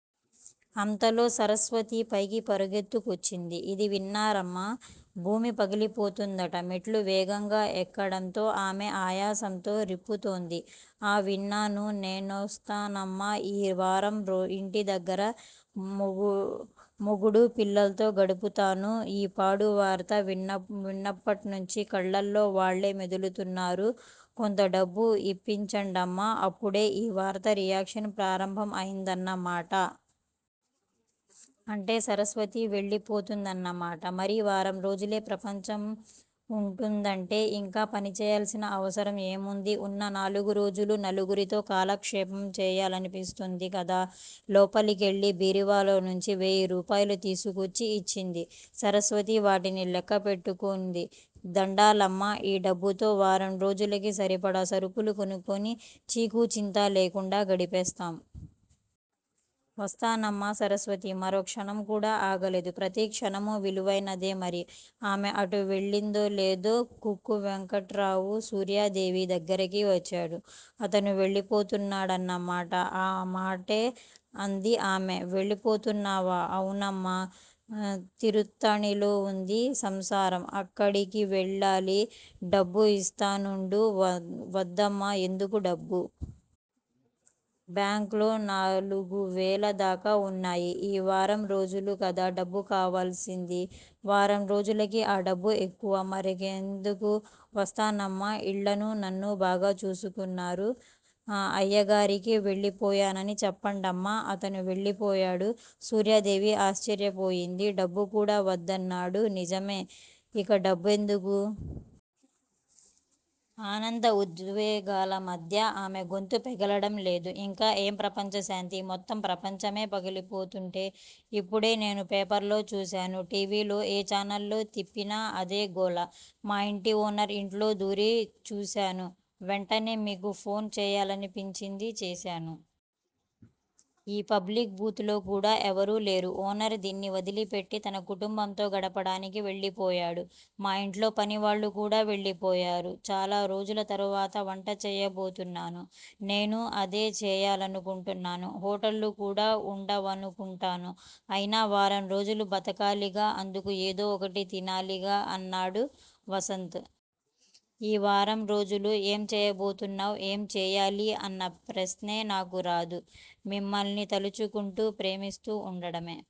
అంతలో సరస్వతి పైకి పరుగెత్తికొచ్చింది. ఇది విన్నారమ్మా! భూమి పగిలిపోతుందట మెట్లు వేగంగా ఎక్కడంతో ఆమె ఆయాసంతో రొప్పుతోంది. ఆఁ విన్నాను నేనొస్తానమ్మా! ఈ వారం ఇంటి దగ్గర మొగుడూ, పిల్లల్తో గడుపుతాను. ఈ పాడువార్త విన్నప్పట్నుంచీ కళ్ళల్లో వాళ్ళే మెదులుతున్నారు కొంత డబ్బు ఇప్పించండమ్మా అప్పుడే ఈ వార్త రియాక్షన్ ప్రారంభం అయిందన్న మాట. అంటే సరస్వతి వెళ్ళి పోతుందన్న మాట. మరి వారంరోజులే ప్రపంచం వుంటుందంటే ఇంకా పనిచేయాల్సిన అవసరం ఏముంది? ఉన్న నాలుగు రోజులూ నలుగురితో కాలక్షేపం చేయాలనిపిస్తుంది కదా. లోపలికెళ్ళి బీరువాలోంచి వేయిరూపాయలు తీసుకొచ్చి ఇచ్చింది. సరస్వతి వాటిని లెక్క పెట్టుకుని- దండాలమ్మా ఈ డబ్బుతో వారంరోజులకి సరిపడా సరుకులు కొనుక్కుని చీకూ చింతా లేకుండా గడిపేస్తాం. వస్తానమ్మా సరస్వతి మరోక్షణం కూడా ఆగలేదు. ప్రతి క్షణమూ విలువైనదే మరి. ఆమె అటు వెళ్ళిందో లేదో కుక్ వెంకట్రావు సూర్యాదేవి దగ్గరికి వచ్చాడు అతనూ వెళ్ళిపోతున్నాడన్న మాట. ఆ మాటే అంది ఆమె- వెళ్ళిపోతున్నావా? అవునమ్మా తిరుత్తణిలో వుంది సంసారం అక్కడికి వెళ్ళాలి డబ్బు ఇస్తానుండు వద్దమ్మా ఎందుకు డబ్బు? బ్యాంక్ లో నాలుగువేలదాకా వున్నాయి. ఈ వారం రోజులకే కదా డబ్బు కావాల్సింది. వారం రోజులకి ఆ డబ్బే ఎక్కువ. మరింకెందుకు? వస్తానమ్మా, ఇన్నాళ్ళూ నన్ను బాగా చూసుకున్నారు. అయ్యగారికి వెళ్ళిపోయానని చెప్పండమ్మా అతను వెళ్ళిపోయాడు. సూర్యాదేవి ఆశ్చర్యపోయింది. డబ్బు కూడా వద్దన్నాడు. నిజమే! ఇక డబ్బు ఎందుకు? ఆనంద ఉద్వేగాల మధ్య ఆమె గొంతు పెగలడం లేదు. ఇంకా ఏం ప్రపంచశాంతి? మొత్తం ప్రపంచమే పగిలిపోతుంటే ఇప్పుడే నేనూ పేపర్లో చూశాను. టీవీలో ఏ ఛానల్ తిప్పినా అదే గోల మా ఇంటి ఓనర్ ఇంట్లో దూరి చూశాను. వెంటనే మీకు ఫోన్ చేయాలనిపించి చేశాను. ఈ పబ్లిక్ బూత్ లో కూడా ఎవరూ లేరు. ఓనర్ దీన్ని వదిలిపెట్టి తన కుటుంబంతో గడపడానికి వెళ్ళిపోయాడు మా ఇంట్లో పనివాళ్ళు కూడా వెళ్ళిపోయారు. చాలా రోజుల తరువాత వంట చేయబోతున్నాను నేనూ అదే చేయాలనుకుంటున్నాను. హోటళ్ళు కూడా వుండవను కుంటాను. అయినా వారం రోజులు బతకాలిగా అందుకు ఏదో ఒకటి తినాలిగా అన్నాడు వసంత్. ఈ వారం రోజులు ఏం చేయబోతున్నావ్? ఏం చేయాలి అన్న ప్రశ్నే నాకు రాదు మిమ్మల్ని తలుచుకుంటూ ప్రేమిస్తూ వుండడమే